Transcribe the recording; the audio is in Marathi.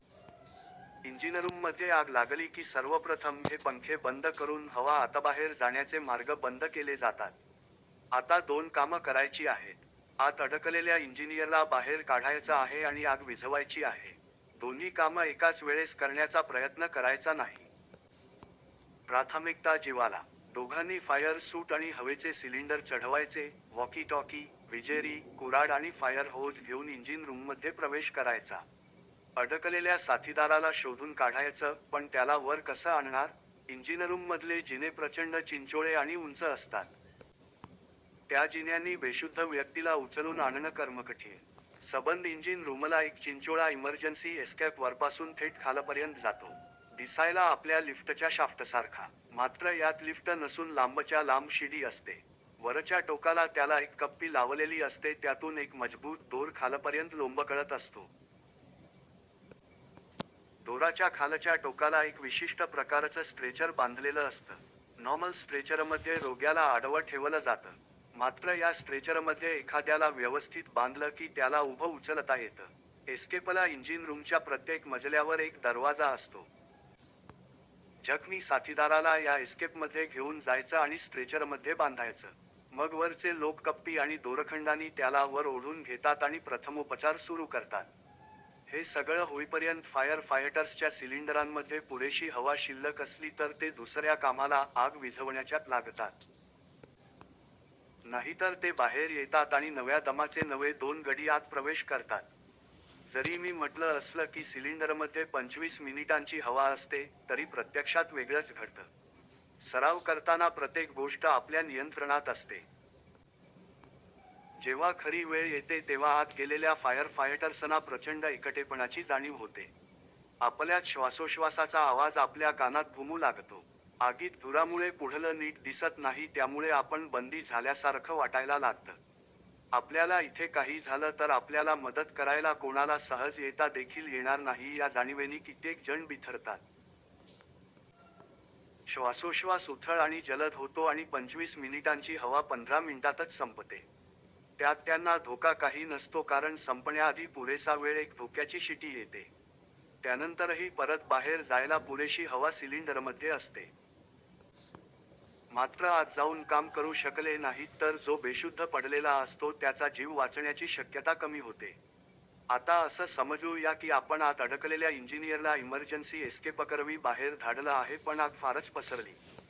इंजिनरूममध्ये आग लागली की सर्वप्रथम हे पंखे बंद करून हवा आतबाहेर जाण्याचे मार्ग बंद केले जातात. आता दोन कामं करायची आहेत. आत अडकलेल्या इन्जिनियरला बाहेर काढायचं आहे आणि आग विझवायची आहे. दोन्ही कामं एकाच वेळेस करण्याचा प्रयत्न करायचा नाही. प्राथमिकता जिवाला. दोघांनी फायर सूट आणि हवेचे सिलिंडर चढवायचे, वॉकी टॉकी, विजेरी, कुर्हाड आणि फायर होज घेऊन इंजिन रूममध्ये प्रवेश करायचा. अडकलेल्या साथिदाराला शोधून काढायचं, पण त्याला वर कसं आणणार? इंजिनरूममधले जिने प्रचंड चिंचोळे आणि उंच असतात. त्या जिन्यांनी बेशुद्ध व्यक्तीला उचलून आणणं कर्मकठीण! सबंद इंजिन रूमला एक चिंचोळा इमर्जन्सी एस्केप वरपासून थेट खालपर्यंत जातो. दिसायला आपल्या लिफ्टच्या शाफ्टसारखा. मात्र यात लिफ्ट नसून लांबच्या लांब शिडी असते. वरच्या टोकाला त्याला एक कप्पी लावलेली असते त्यातून एक मजबूत दोर खालपर्यंत लोंबकळत असतो. दोराच्या खालच्या टोकाला एक विशिष्ट प्रकारचं स्ट्रेचर बांधलेलं असतं. नॉर्मल स्ट्रेचरमध्ये रोग्याला आडवं ठेवलं जातं. मात्र या स्ट्रेचरमध्ये एखाद्याला व्यवस्थित बांधलं की त्याला उभं उचलता येतं. एस्केपला इंजिन रूमच्या प्रत्येक मजल्यावर एक दरवाजा असतो. जखमी साथिदाराला या एस्केपमध्ये घेऊन जायचं आणि स्ट्रेचरमध्ये बांधायचं. मग वरचे लोक कप्पी आणि दोरखंडानी त्याला वर ओढून घेतात आणि प्रथमोपचार सुरू करतात. हे सगळं होईपर्यंत फायर फायटर्सच्या सिलिंडरांमध्ये पुरेशी हवा शिल्लक असली तर ते दुसर्या कामाला – आग विझवण्याच्या – लागतात. नाहीतर ते बाहेर येतात आणि नव्या दमाचे नवे दोन गडी आत प्रवेश करतात. जरी मी म्हटलं असलं की सिलिंडरमध्ये पंचवीस मिनिटांची हवा असते, तरी प्रत्यक्षात वेगळंच घडतं. सराव करताना प्रतेक गोष्ट आपल्या नियंत्रणात असते. जेव्हां खरी वेळ येते तेव्हां आत गेलेल्या फायर फायटर्सना प्रचंड एकटेपणाची जाणीव होते. आपल्याच श्वासोश्वासाचा आवाज आपल्या कानात घुमू लागतो. आगीत धुरामुळे पुढलं नीट दिसत नाही त्यामुळे आपण बंदी झाल्यासारखं वाटायला लागतं. आपल्याला इथे काही झालं तर आपल्याला मदत करायला कोणाला सहज येता देखील येणार नाही या जाणिवेनी कित्येक जण बिथरतात. श्वासोश्वास उथळ आणि जलद होतो आणि पंचवीस मिनिटांची हवा पंधरा मिनिटातच संपते. त्यात त्यांना धोका काही नसतो कारण संपण्याआधी पुरेसा वेळ एक धोक्याची शिटी येते. त्यानंतरही परत बाहेर जायला पुरेशी हवा सिलिंडरमध्ये असते. मात्र आत जाऊन काम करू शकले नाहीत तर जो बेशुद्ध पडलेला असतो त्याचा जीव वाचण्याची शक्यता कमी होते. आता असं समजू या की आपण आत अडकलेल्या इंजिनियरला इमर्जन्सी एस्केपकरवी बाहेर धाडलं आहे पण आग फारच पसरली